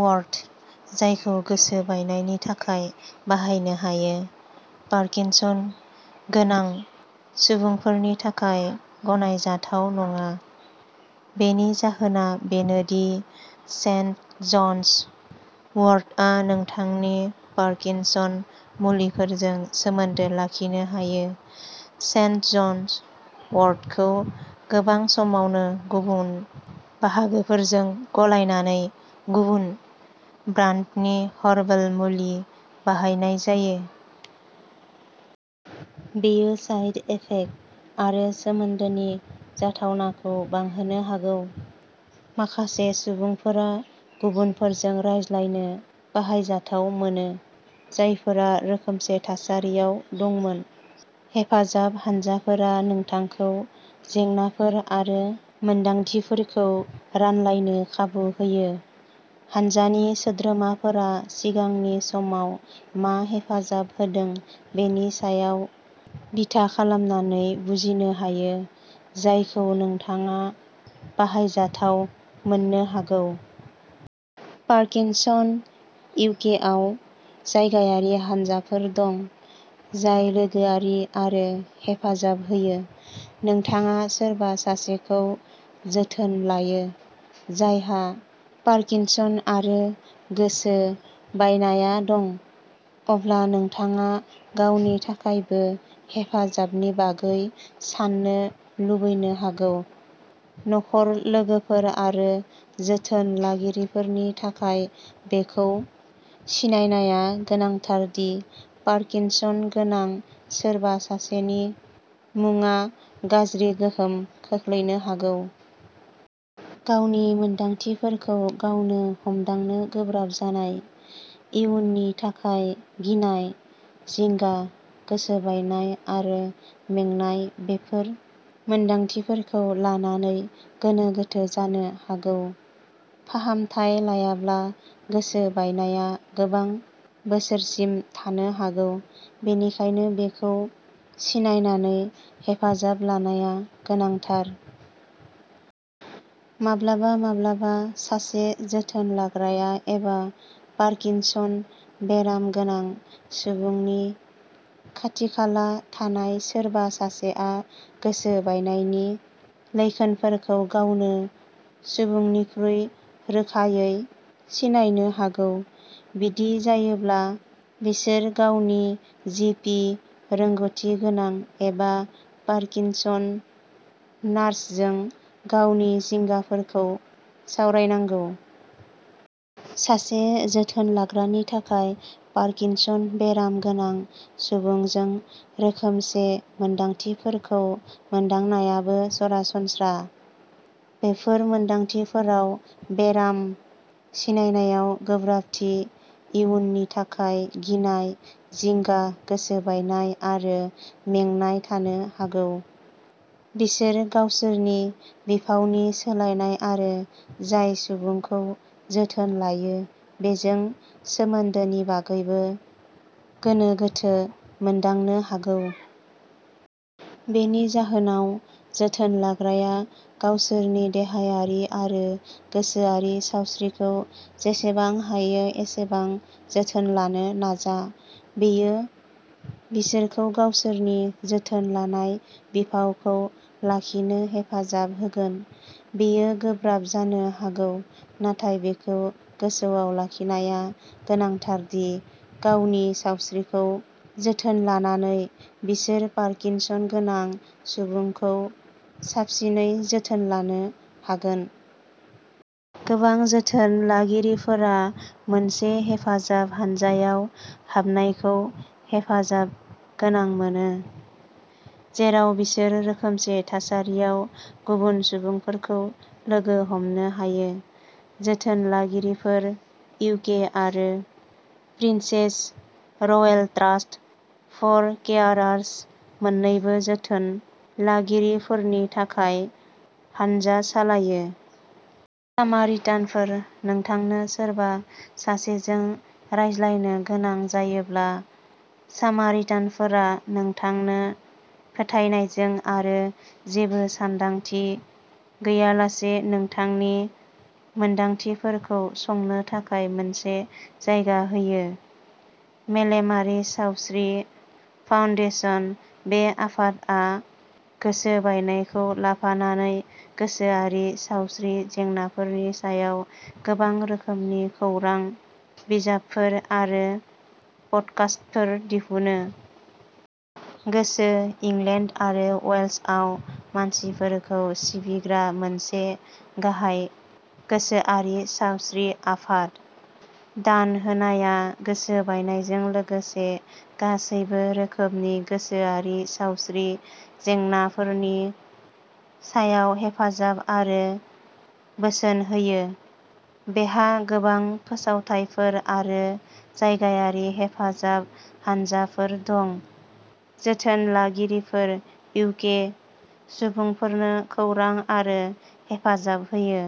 वर्ट, जायखौ गोसो बायनायनि थाखाय बाहायनो हायो, पार्किनसन गोनां सुबुंफोरनि थाखाय गनायजाथाव नङा। बेनि जाहोना बेनो दि सेन्ट जन्स वर्टआ नोंथांनि पार्किनसन मुलिफोरजों सोमोन्दो लाखिनो हायो। सेन्ट जन्स वर्टखौ गोबां समावनो गुबुन बाहागोफोरजों गलायनानै गुबुन ब्रान्डनि हार्बेल मुलि बाहायनाय जायो। बेयो साइड इफेक्ट आरो सोमोन्दोनि जाथावनाखौ बांहोनो हागौ। माखासे सुबुंफोरा गुबुनफोरजों रायज्लायनो बाहायजाथाव मोनो, जायफोरा रोखोमसे थासारियाव दंमोन। हेफाजाब हानजाफोरा नोंथांखौ जेंनाफोर आरो मोनदांथिफोरखौ रानलायनो खाबु होयो। हान्जानि सोद्रोमाफोरा सिगांनि समाव मा हेफाजाब होदों बेनि सायाव बिथा खालामनानै बुजिनो हायो, जायखौ नोंथाङा बाहायजाथाव मोननो हागौ। पार्किनसन इउकेआव जायगायारि हानजाफोर दं, जाय लोगोआरि आरो हेफाजाब होयो। नोंथाङा सोरबा सासेखौ जोथोन लायो, जायहा पार्किनसन आरो गोसो बायनाया दं, अब्ला नोंथाङा गावनि थाखायबो हेफाजाबनि बागै साननो लुबैनो हागौ। नखर, लोगोफोर आरो जोथोन लागिरिफोरनि थाखाय बेखौ सिनायनाया गोनांथार दि पार्किनसन गोनां सोरबा सासेनि मुंआ गाज्रि गोहोम खोख्लैनो हागौ। गावनि मोन्दांथिफोरखौ गावनो हमदांनो गोब्राब जानाय, इयुननि थाखाय गिनाय, जिंगा, गोसो बायनाय आरो मेंनाय बेफोर मोन्दांथिफोरखौ लानानै गोनो गोथो जानो हागौ। फाहामथाय लायाब्ला गोसो बायनाया गोबां बोसोरसिम थानो हागौ, बेनिखायनो बेखौ सिनायनानै हेफाजाब लानाया गोनांथार। माब्लाबा-माब्लाबा सासे जोथोन लाग्राया एबा पार्किनसन बेराम गोनां सुबुंनि खाथि-खाला थानाय सोरबा सासेआ गोसो बायनायनि लैखोनफोरखौ गावनो सुबुंनिख्रुइ रोखायै सिनायनो हागौ। बिदि जायोब्ला, बिसोर गावनि जि. पि., रोंग'थि गोनां एबा पार्किनसन नार्सजों गावनि जिंगाफोरखौ सावरायनांगौ। सासे जोथोन लाग्रानि थाखाय पार्किनसन बेराम गोनां सुबुंजों रोखोमसे मोन्दांथिफोरखौ मोनदांनायाबो सरासनस्रा। बेफोर मोनदांथिफोराव बेराम सिनायनायाव गोब्राबथि, इयुननि थाखाय गिनाय, जिंगा, गोसो बायनाय आरो मेंनाय थानो हागौ। बिसोर गावसोरनि बिफावनि सोलायनाय आरो जाय सुबुंखौ जोथोन लायो बेजों सोमोन्दोनि बागैबो गोनो गोथो मोनदांनो हागौ। बेनि जाहोनाव, जोथोन लाग्राया गावसोरनि देहायारि आरो गोसोआरि सावस्रिखौ जेसेबां हायो एसेबां जोथोन लानो नाजा। बेयो बिसोरखौ गावसोरनि जोथोन लानाय बिफावखौ लाखिनो हेफाजाब होगोन। बेयो गोब्राब जानो हागौ, नाथाय बेखौ गोसोआव लाखिनाया गोनांथार दि गावनि सावस्रिखौ जोथोन लानानै, बिसोर पार्किनसन गोनां सुबुंखौ साबसिनै जोथोन लानो हागोन। गोबां जोथोन लागिरिफोरा मोनसे हेफाजाब हान्जायाव हाबनायखौ हेफाजाब गोनां मोनो, जेराव बिसोर रोखोमसे थासारियाव गुबुन सुबुंफोरखौ लोगो हमनो हायो। जोथोन लागिरिफोर इउके आरो Princess Royal Trust for Carers मोन्नैबो जोथोन लागिरिफोरनि थाखाय हानजा सालायो। सामारिटानफोर नोंथांनो सोरबा सासेजों रायज्लायनो गोनां जायोब्ला, सामारिटानफोरा नोंथांनो फोथायनायजों आरो जेबो सानदांथि गैयालासे नोंथांनि मोनदांथिफोरखौ संनो थाखाय मोनसे जायगा होयो। मेलेमारि सावस्रि फाउन्डेसन बे आफादआ गोसोबायनायखौ लाफानानै गोसोआरि सावस्रि जेंनाफोरनि सायाव गोबां रोखोमनि खौरां, बिजाबफोर आरो पडकास्टफोर दिहुनो। गोसो इंलेण्ड आरो वेल्सआव मानसिफोरखौ सिबिग्रा मोनसे गाहाय गोसोआरि सावस्रि आफाद। दान होनाया गोसो बायनायजों लोगोसे गासैबो रोखोमनि गोसोआरि सावस्रि जेंनाफोरनि सायाव हेफाजाब आरो बोसोन होयो। बेहा गोबां फोसावथायफोर आरो जायगायारि हेफाजाब हानजाफोर दं। जोथोन लागिरिफोर इउके सुबुंफोरनो खौरां आरो हेफाजाब होयो।